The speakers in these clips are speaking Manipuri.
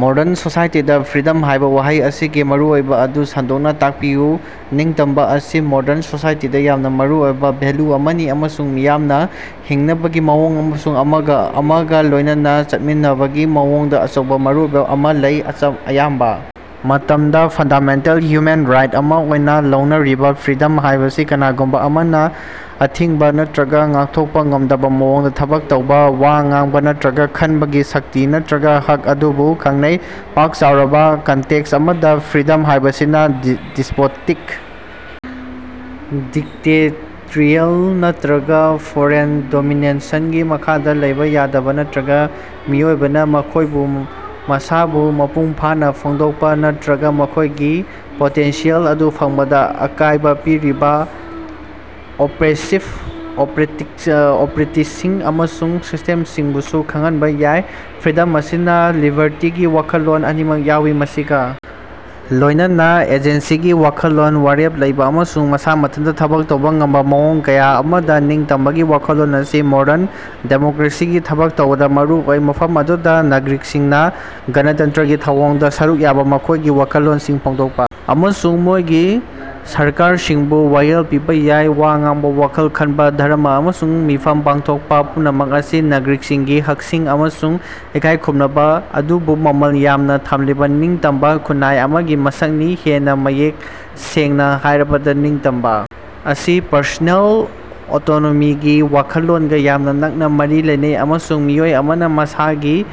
ꯃꯣꯗ꯭ꯔꯟ ꯁꯣꯁꯥꯏꯇꯤꯗꯥ ꯐ꯭ꯔꯤꯗꯝ ꯍꯥꯏꯕ ꯋꯥꯍꯩ ꯑꯁꯤꯒꯤ ꯃꯔꯨꯑꯣꯏꯕ ꯑꯗꯨ ꯁꯟꯗꯣꯛꯅ ꯇꯥꯛꯄꯤꯌꯨ꯫ ꯅꯤꯡꯇꯝꯕ ꯑꯁꯤ ꯃꯣꯗ꯭ꯔꯟ ꯁꯣꯁꯥꯏꯇꯤꯗꯥ ꯌꯥꯝꯅ ꯃꯔꯨꯑꯣꯏꯕ ꯚꯦꯂ꯭ꯌꯨ ꯑꯃꯅꯤ, ꯑꯃꯁꯨꯡ ꯃꯤꯌꯥꯝꯅ ꯍꯤꯡꯅꯕꯒꯤ ꯃꯑꯣꯡ ꯑꯃꯁꯨꯡ ꯑꯃꯒꯥ ꯑꯃꯒꯥ ꯂꯣꯏꯅꯅꯥ ꯆꯠꯃꯤꯟꯅꯕꯒꯤ ꯃꯑꯣꯡꯗ ꯑꯆꯧꯕ ꯃꯔꯨꯑꯣꯏꯕ ꯑꯃ ꯂꯩ꯫ ꯑꯌꯥꯝꯕ ꯃꯇꯝꯗ ꯐꯟꯗꯥꯃꯦꯟꯇꯦꯜ ꯍ꯭ꯌꯨꯃꯦꯟ ꯔꯥꯏꯠ ꯑꯃ ꯑꯣꯏꯅ ꯂꯧꯅꯔꯤꯕ ꯐ꯭ꯔꯤꯗꯝ ꯍꯥꯏꯕꯁꯤ ꯀꯅꯥꯒꯨꯝꯕ ꯑꯃꯅ ꯑꯊꯤꯡꯕ ꯅꯠꯇꯔꯒ ꯉꯥꯛꯊꯣꯛꯄ ꯉꯝꯗꯕ ꯃꯑꯣꯡꯗ ꯊꯕꯛ ꯇꯧꯕ, ꯋꯥ ꯉꯥꯡꯕ ꯅꯠꯇꯔꯒ ꯈꯟꯕꯒꯤ ꯁꯛꯇꯤ ꯅꯠꯇꯔꯒ ꯍꯛ ꯑꯗꯨꯕꯨ ꯈꯪꯅꯩ꯫ ꯄꯥꯛ-ꯆꯥꯎꯔꯕ ꯀꯟꯇꯦꯛꯁ ꯑꯃꯗ, ꯐ꯭ꯔꯤꯗꯝ ꯍꯥꯏꯕꯁꯤꯅ ꯗꯤꯁ꯭ꯄꯣꯇꯤꯛ, ꯗꯤꯛꯇꯦꯇꯔꯤꯌꯦꯜ ꯅꯠꯇꯔꯒ ꯐꯣꯔꯦꯟ ꯗꯣꯃꯤꯅꯦꯁꯟꯒꯤ ꯃꯈꯥꯗ ꯂꯩꯕ ꯌꯥꯗꯕ ꯅꯠꯇꯔꯒ ꯃꯤꯑꯣꯏꯕꯅ ꯃꯈꯣꯏ ꯃꯁꯥꯕꯨ ꯃꯄꯨꯡꯐꯥꯅ ꯐꯣꯡꯗꯣꯛꯄ ꯅꯠꯇꯔꯒ ꯃꯈꯣꯏꯒꯤ ꯄꯣꯇꯦꯟꯁꯤꯑꯦꯜ ꯑꯗꯨ ꯐꯪꯕꯗ ꯑꯀꯥꯏꯕ ꯄꯤꯔꯤꯕ ꯑꯣꯄ꯭ꯔꯦꯁꯤꯚ ꯄ꯭ꯔꯦꯛꯇꯤꯁꯁꯤꯡ ꯑꯃꯁꯨꯡ ꯁꯤꯁꯇꯦꯝꯁꯤꯡꯕꯨꯁꯨ ꯈꯪꯍꯟꯕ ꯌꯥꯏ꯫ ꯐ꯭ꯔꯤꯗꯝ ꯑꯁꯤꯅ ꯂꯤꯕꯔꯇꯤꯒꯤ ꯋꯥꯈꯜꯂꯣꯟ ꯑꯅꯤꯃꯛ ꯌꯥꯎꯏ, ꯃꯁꯤꯒ ꯂꯣꯏꯅꯅꯥ ꯑꯦꯖꯦꯟꯁꯤꯒꯤ ꯋꯥꯈꯜꯂꯣꯟ ꯋꯥꯔꯦꯞ ꯂꯧꯕ ꯑꯃꯁꯨꯡ ꯃꯁꯥ ꯃꯊꯟꯇ ꯊꯕꯛ ꯇꯧꯕ ꯉꯝꯕ ꯃꯑꯣꯡ ꯀꯌꯥ ꯑꯃꯗ, ꯅꯤꯡꯇꯝꯕꯒꯤ ꯋꯥꯈꯜꯂꯣꯟ ꯑꯁꯤ ꯃꯣꯗꯔꯟ ꯗꯦꯃꯣꯀ꯭ꯔꯦꯁꯤꯒꯤ ꯊꯕꯛ ꯇꯧꯕꯗ ꯃꯔꯨ ꯑꯣꯏ, ꯃꯐꯝ ꯑꯗꯨꯗ ꯅꯥꯒꯔꯤꯛꯁꯤꯡꯅ ꯒꯅꯇꯟꯇꯔꯒꯤ ꯊꯧꯑꯣꯡꯗ ꯁꯔꯨꯛ ꯌꯥꯕ, ꯃꯈꯣꯏꯒꯤ ꯋꯥꯈꯜꯂꯣꯟꯁꯤꯡ ꯐꯣꯡꯗꯣꯛꯄ ꯑꯃꯁꯨꯡ ꯃꯈꯣꯏꯒꯤ ꯁꯔꯀꯥꯔꯁꯤꯡꯕꯨ ꯋꯥꯌꯦꯜ ꯄꯤꯕ ꯌꯥꯏ꯫ ꯋꯥ ꯉꯥꯡꯕ, ꯋꯥꯈꯜ ꯈꯟꯕ, ꯙꯔꯝꯃ ꯑꯃꯁꯨꯡ ꯃꯤꯐꯝ ꯄꯥꯡꯊꯣꯛꯄ ꯄꯨꯝꯅꯃꯛ ꯑꯁꯤ ꯅꯥꯒꯔꯤꯛꯁꯤꯡꯒꯤ ꯍꯛꯁꯤꯡ ꯑꯃꯁꯨꯡ ꯏꯀꯥꯏꯈꯨꯝꯅꯕ ꯑꯗꯨꯕꯨ ꯃꯃꯜ ꯌꯥꯝꯅ ꯊꯝꯂꯤꯕ ꯅꯤꯡꯇꯝꯕ ꯈꯨꯟꯅꯥꯏ ꯑꯃꯒꯤ ꯃꯁꯛꯅꯤ꯫ ꯍꯦꯟꯅ ꯃꯌꯦꯛ ꯁꯦꯡꯅ ꯍꯥꯏꯔꯕꯗ, ꯅꯤꯡꯇꯝꯕ ꯑꯁꯤ ꯄꯔꯁꯣꯅꯦꯜ ꯑꯣꯇꯣꯅꯣꯃꯤꯒꯤ ꯋꯥꯈꯜꯂꯣꯟꯒ ꯌꯥꯝꯅ ꯅꯛꯅ ꯃꯔꯤ ꯂꯩꯅꯩ, ꯑꯃꯁꯨꯡ ꯃꯤꯑꯣꯏ ꯑꯃꯅ ꯃꯁꯥꯒꯤ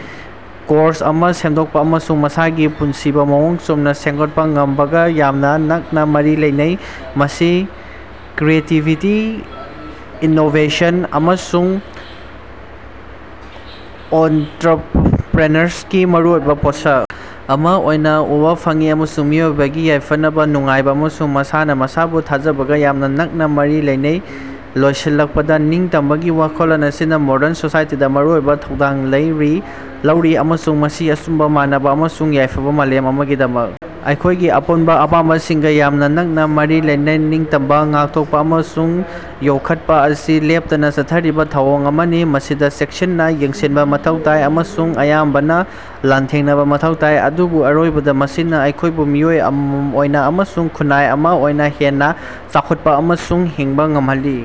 ꯀꯣꯔꯁ ꯑꯃ ꯁꯦꯝꯗꯣꯛꯄ ꯑꯃꯁꯨꯡ ꯃꯁꯥꯒꯤ ꯄꯨꯟꯁꯤꯕꯨ ꯃꯑꯣꯡ ꯆꯨꯝꯅ ꯁꯦꯝꯒꯠꯄ ꯉꯝꯕꯒ ꯌꯥꯝꯅ ꯅꯛꯅꯥ ꯃꯔꯤ ꯂꯩꯅꯩ꯫ ꯃꯁꯤ ꯀ꯭ꯔꯤꯌꯦꯇꯤꯕꯤꯇꯤ, ꯏꯅꯣꯕꯦꯁꯟ, ꯑꯃꯁꯨꯡ ꯑꯣꯟꯇꯔꯄ꯭ꯔꯤꯅꯔꯁꯤꯞꯀꯤ ꯃꯔꯨꯑꯣꯏꯕ ꯄꯣꯠꯁꯛ ꯑꯃ ꯑꯣꯏꯅ ꯎꯕꯥ ꯐꯪꯏ, ꯑꯃꯁꯨꯡ ꯃꯤꯑꯣꯏꯕꯒꯤ ꯌꯥꯏꯐꯅꯕ, ꯅꯨꯡꯉꯥꯏꯕ ꯑꯃꯁꯨꯡ ꯃꯁꯥꯅ ꯃꯁꯥꯕꯨ ꯊꯥꯖꯖꯕꯒ ꯌꯥꯝꯅ ꯅꯛꯅ ꯃꯔꯤ ꯂꯩꯅꯩ꯫ ꯂꯣꯏꯁꯤꯜꯂꯛꯄꯗ, ꯅꯤꯡꯇꯝꯕꯒꯤ ꯋꯥꯈꯜꯂꯣꯟ ꯑꯁꯤꯅ ꯃꯣꯗ꯭ꯔꯟ ꯁꯣꯁꯥꯏꯇꯤꯗ ꯃꯔꯨꯑꯣꯏꯕ ꯊꯧꯗꯥꯡ ꯂꯧꯔꯤ, ꯑꯃꯁꯨꯡ ꯃꯁꯤ ꯑꯆꯨꯝꯕ, ꯃꯥꯟꯅꯕ ꯑꯃꯁꯨꯡ ꯌꯥꯏꯐꯕꯥ ꯃꯥꯂꯦꯝ ꯑꯃꯒꯤꯗꯃꯛ ꯑꯩꯈꯣꯏꯒꯤ ꯑꯄꯨꯟꯕ ꯑꯄꯥꯝꯕꯁꯤꯡꯒ ꯌꯥꯝꯅ ꯅꯛꯅꯥ ꯃꯔꯤ ꯂꯩꯅꯩ꯫ ꯅꯤꯡꯇꯝꯕꯥ ꯉꯥꯛꯊꯣꯛꯄ ꯑꯃꯁꯨꯡ ꯌꯣꯛꯈꯠꯄ ꯑꯁꯤ ꯂꯦꯞꯇꯅꯥ ꯆꯠꯊꯔꯤꯕ ꯊꯧꯑꯣꯡ ꯑꯃꯅꯤ ꯃꯁꯤꯗ ꯆꯦꯛꯁꯤꯟꯅ ꯌꯦꯡꯁꯤꯟꯕ ꯃꯊꯧ ꯇꯥꯏ, ꯑꯃꯁꯨꯡ ꯑꯌꯥꯝꯕꯅ, ꯂꯥꯟꯊꯦꯡꯅꯕꯥ ꯃꯊꯧ ꯇꯥꯏ, ꯑꯗꯨꯕꯨ ꯑꯔꯣꯏꯕꯗ ꯃꯁꯤꯅ ꯑꯩꯈꯣꯏꯕꯨ ꯃꯤꯑꯣꯏ ꯑꯃꯃꯝ ꯑꯣꯏꯅ ꯑꯃꯁꯨꯡ ꯈꯨꯟꯅꯥꯏ ꯑꯃ ꯑꯣꯏꯅ ꯍꯦꯟꯅ ꯆꯥꯎꯈꯠꯄ ꯑꯃꯁꯨꯡ ꯍꯤꯡꯕ ꯉꯝꯍꯜꯂꯤ꯫